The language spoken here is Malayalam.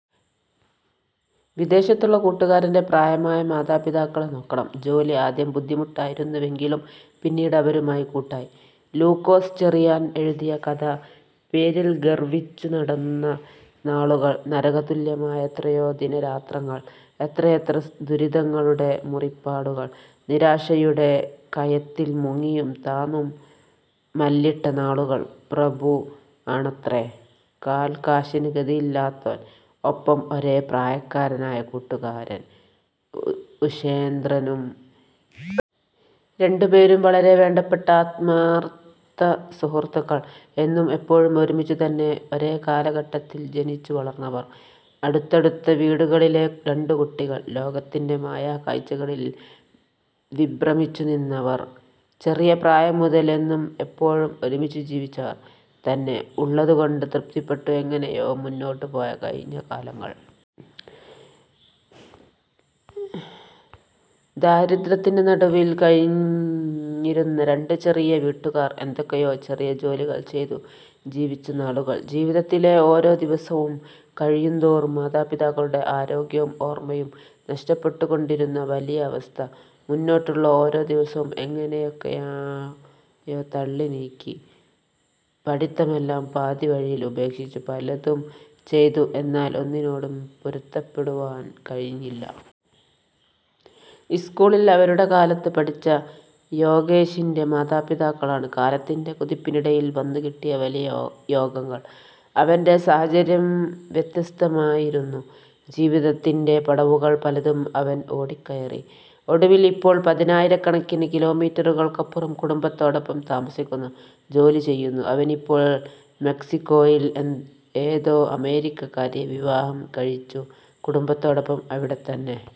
'വിദേശത്തുള്ള കൂട്ടൂകാരന്റെ പ്രായമായ മാതാപിതാക്കളെ നോക്കണം; ജോലി ആദ്യം ബുദ്ധിമുട്ടായിരുന്നുവെങ്കിലും പിന്നീട് അവരുമായി കൂട്ടായി... ' ലൂക്കോസ് ചെറിയാൻ എഴുതിയ കഥ പേരിൽ ഗർവിച്ചു നടന്ന നാളുകൾ, നരക തുല്യമായ എത്രയോ ദിനരാത്രങ്ങൾ, എത്രയെത്ര ദുരിതങ്ങളുടെ മുറിപ്പാടുകൾ, നിരാശയുടെ കയത്തിൽ മുങ്ങിയും താണും മല്ലിട്ട നാളുകൾ 'പ്രഭു' ആണത്രേ, കാൽ കാശിന് ഗതിയില്ലാത്തോൻ, ഒപ്പം ഒരേ പ്രായക്കാരനായ കൂട്ടുകാരൻ 'ഉഷേന്ദ്രനും'. രണ്ടുപേരും വളരെ വേണ്ടപ്പെട്ട ആത്മാർഥ സുഹൃത്തുക്കൾ. എന്നും എപ്പോഴും ഒരുമിച്ച്തന്നെ ഒരേ കാലഘട്ടത്തിൽ ജനിച്ചു വളർന്നവർ, അടുത്തടുത്ത വീടുകളിലെ രണ്ടു കുട്ടികൾ, ലോകത്തിന്റെ മായാ കാഴ്ച്ചകളിൽ വിഭ്രമിച്ചു നിന്നവർ. ചെറിയ പ്രായം മുതൽ എന്നും എപ്പോഴും ഒരുമിച്ചു ജീവിച്ചവർ തന്നെ, ഉള്ളതുകൊണ്ട് തൃപ്തിപ്പെട്ടു എങ്ങനെയോ മുന്നോട്ട് പോയ കഴിഞ്ഞ കാലങ്ങൾ... ദാരിദ്ര്യത്തിന്റെ നടുവിൽ കഴിഞ്ഞിരുന്ന രണ്ടു ചെറിയ വീട്ടുകാർ, എന്തൊക്കെയോ ചെറിയ ജോലികൾ ചെയ്തു ജീവിച്ച നാളുകൾ, ജീവിതത്തിലെ ഓരോ ദിവസവും കഴിയും തോറും മാതാപിതാക്കളുടെ ആരോഗ്യവും ഓർമയും നഷ്ടപ്പെട്ടുകൊണ്ടിരുന്ന വലിയ അവസ്ഥ, മുന്നോട്ടുള്ള ഓരോ ദിവസവും എങ്ങനെയൊക്കെയോ തള്ളി നീക്കി. പഠിത്തമെല്ലാം പാതി വഴിയിൽ ഉപേക്ഷിച്ചു, പലതും ചെയ്തു എന്നാൽ ഒന്നിനോടും പൊരുത്തപ്പെടുവാൻ കഴിഞ്ഞില്ല. സ്കൂളിൽ അവരുടെ കാലത്ത് പഠിച്ച യോഗേഷിന്റെ മാതാപിതാക്കളാണ്. കാലത്തിന്റെ കുതിപ്പിനിടയിൽ വന്നു കിട്ടിയ വലിയ യോഗങ്ങൾ. അവന്റ സാഹചര്യം വ്യത്യസ്തമായിരുന്നു, ജീവിതത്തിന്റെ പടവുകൾ പലതും അവൻ ഓടി കയറി, ഒടുവിൽ ഇപ്പോൾ പതിനായിരക്കണക്കിന് കിലോമീറ്ററുകൾക്കപ്പുറം കുടുംബത്തോടൊപ്പം താമസിക്കുന്നു, ജോലി ചെയ്യുന്നു. അവനിപ്പോൾ മെക്സിക്കോയിൽ ഏതോ അമേരിക്കക്കാരിയെ വിവാഹം കഴിച്ചു, കുടുംബത്തോടൊപ്പം, അവിടെത്തന്നെ.